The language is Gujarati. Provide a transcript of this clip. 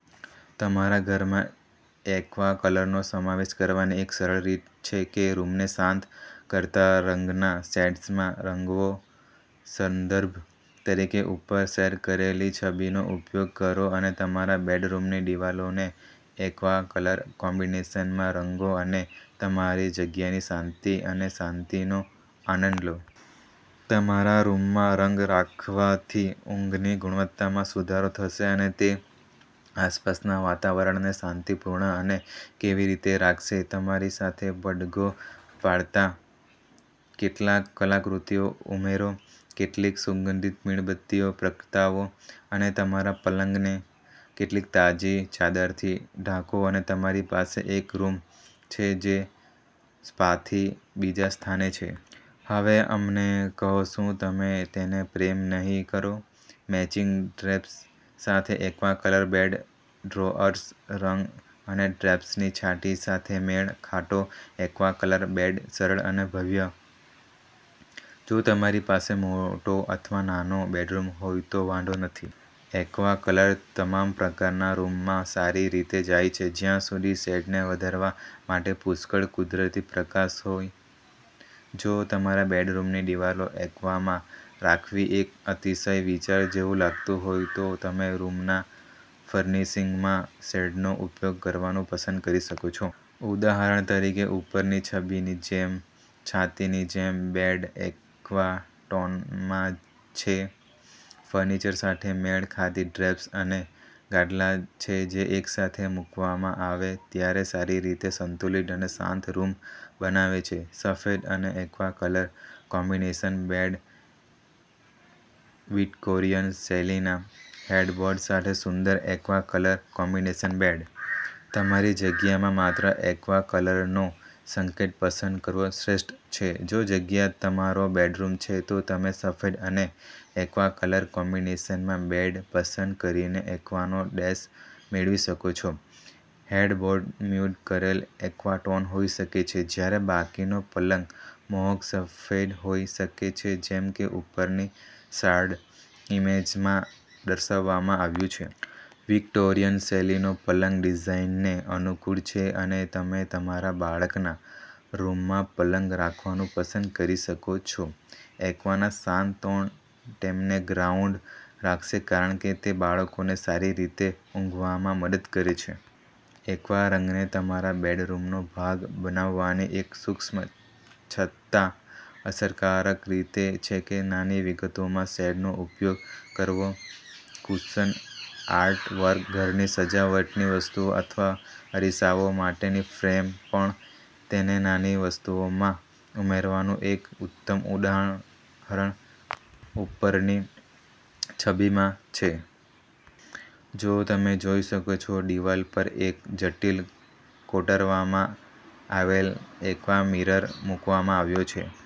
તમારા ઘરમાં એક્વા કલરનો સમાવેશ કરવાની એક સરળ રીત છે કે રૂમને શાંત કરતા રંગના શેડ્સમાં રંગવો. સંદર્ભ તરીકે ઉપર શેર કરેલી છબીનો ઉપયોગ કરો અને તમારા બેડરૂમની દિવાલોને એક્વા કલર કોમ્બિનેશનમાં રંગો અને તમારી જગ્યાની શાંતિ અને શાંતિનો આનંદ લો. તમારા રૂમમાં રંગ રાખવાથી ઊંઘની ગુણવત્તામાં સુધારો થશે અને તે આસપાસના વાતાવરણને શાંતિપૂર્ણ અને કેવી રીતે રાખશે. તમારી સાથે પડઘો પાડતા કેટલાક કલાકૃતિઓ ઉમેરો, કેટલીક સુગંધિત મીણબત્તીઓ પ્રગટાવો, અને તમારા પલંગને કેટલીક તાજી ચાદરથી ઢાંકોઅને તમારી પાસે એક રૂમ છે જે સ્પાથી બીજા સ્થાને છે. હવે અમને કહો, શું તમે તેને પ્રેમ નહીં કરો? મેચિંગ ડ્રેપ્સ સાથે aqua colour bed drawers, rug અને ડ્રેપ્સની છાતી સાથે મેળ ખાતો એક્વા કલર બેડ સરળ અને ભવ્ય. જો તમારી પાસે મોટો અથવા નાનો બેડરૂમ હોય તો વાંધો નથી. એક્વા કલર તમામ પ્રકારના રૂમમાં સારી રીતે જાય છે જ્યાં સુધી શેડને વધારવા માટે પુષ્કળ કુદરતી પ્રકાશ હોય. જો તમારા બેડરૂમની દીવાલો એક્વામાં રાખવી એક અતિશય વિચાર જેવું લાગતું હોય, તો તમે રૂમના ફર્નિશિંગમાં શેડનો ઉપયોગ કરવાનું પસંદ કરી શકો છો. ઉદાહરણ તરીકે, ઉપરની છબીની જેમ છાતીની જેમ બેડ એક્વા ટોનમાં છે. ફર્નિચર સાથે મેળ ખાતી ડ્રેપ્સ અને ગાદલા છે જે એકસાથે મૂકવામાં આવે ત્યારે સારી રીતે સંતુલિત અને શાંત રૂમ બનાવે છે. સફેદ અને aqua colour combination bed Victorian શૈલીના હેડબોર્ડ સાથે સુંદર એક્વા કલર કોમ્બિનેશન બેડ. તમારી જગ્યામાં માત્ર એક્વા કલરનો સંકેત પસંદ કરવો શ્રેષ્ઠ છે. જો જગ્યા તમારો બેડરૂમ છે, તો તમે સફેદ અને એક્વા કલર કોમ્બિનેશનમાં બેડ પસંદ કરીને એક્વાનો ડૅશ મેળવી શકો છો. હેડબોર્ડ મ્યૂટ કરેલ એક્વા ટોન હોઈ શકે છે જ્યારે બાકીનો પલંગ મોહક સફેદ હોઈ શકે છે જેમ કે ઉપરની શાર્ડ ઈમેજમાં દર્શાવવામાં આવ્યું છે. વિક્ટોરિયન શૈલીનો પલંગ ડિઝાઇનને અનુકૂળ છે અને તમે તમારા બાળકના રૂમમાં પલંગ રાખવાનું પસંદ કરી શકો છો. એક્વાના શાંત ટોન તેમને ગ્રાઉન્ડ રાખશે કારણ કે તે બાળકોને સારી રીતે ઊંઘવામાં મદદ કરે છે. એક્વા રંગને તમારા બેડરૂમનો ભાગ બનાવવાની એક સૂક્ષ્મ છતાં અસરકારક રીત છે કે નાની વિગતોમાં શેડનો ઉપયોગ કરવો. કુશન, આર્ટવર્ક, ઘરની સજાવટની વસ્તુઓ અથવા અરીસાઓ માટેની ફ્રેમ પણ. તેને નાની વસ્તુઓમાં ઉમેરવાનું એક ઉત્તમ ઉદાહરણ ઉપરની છબીમાં છે. જેમ તમે જોઈ શકો છો, દિવાલ પર એક જટિલ કોતરવામાં આવેલ એક્વા મિરર મૂકવામાં આવ્યો છે.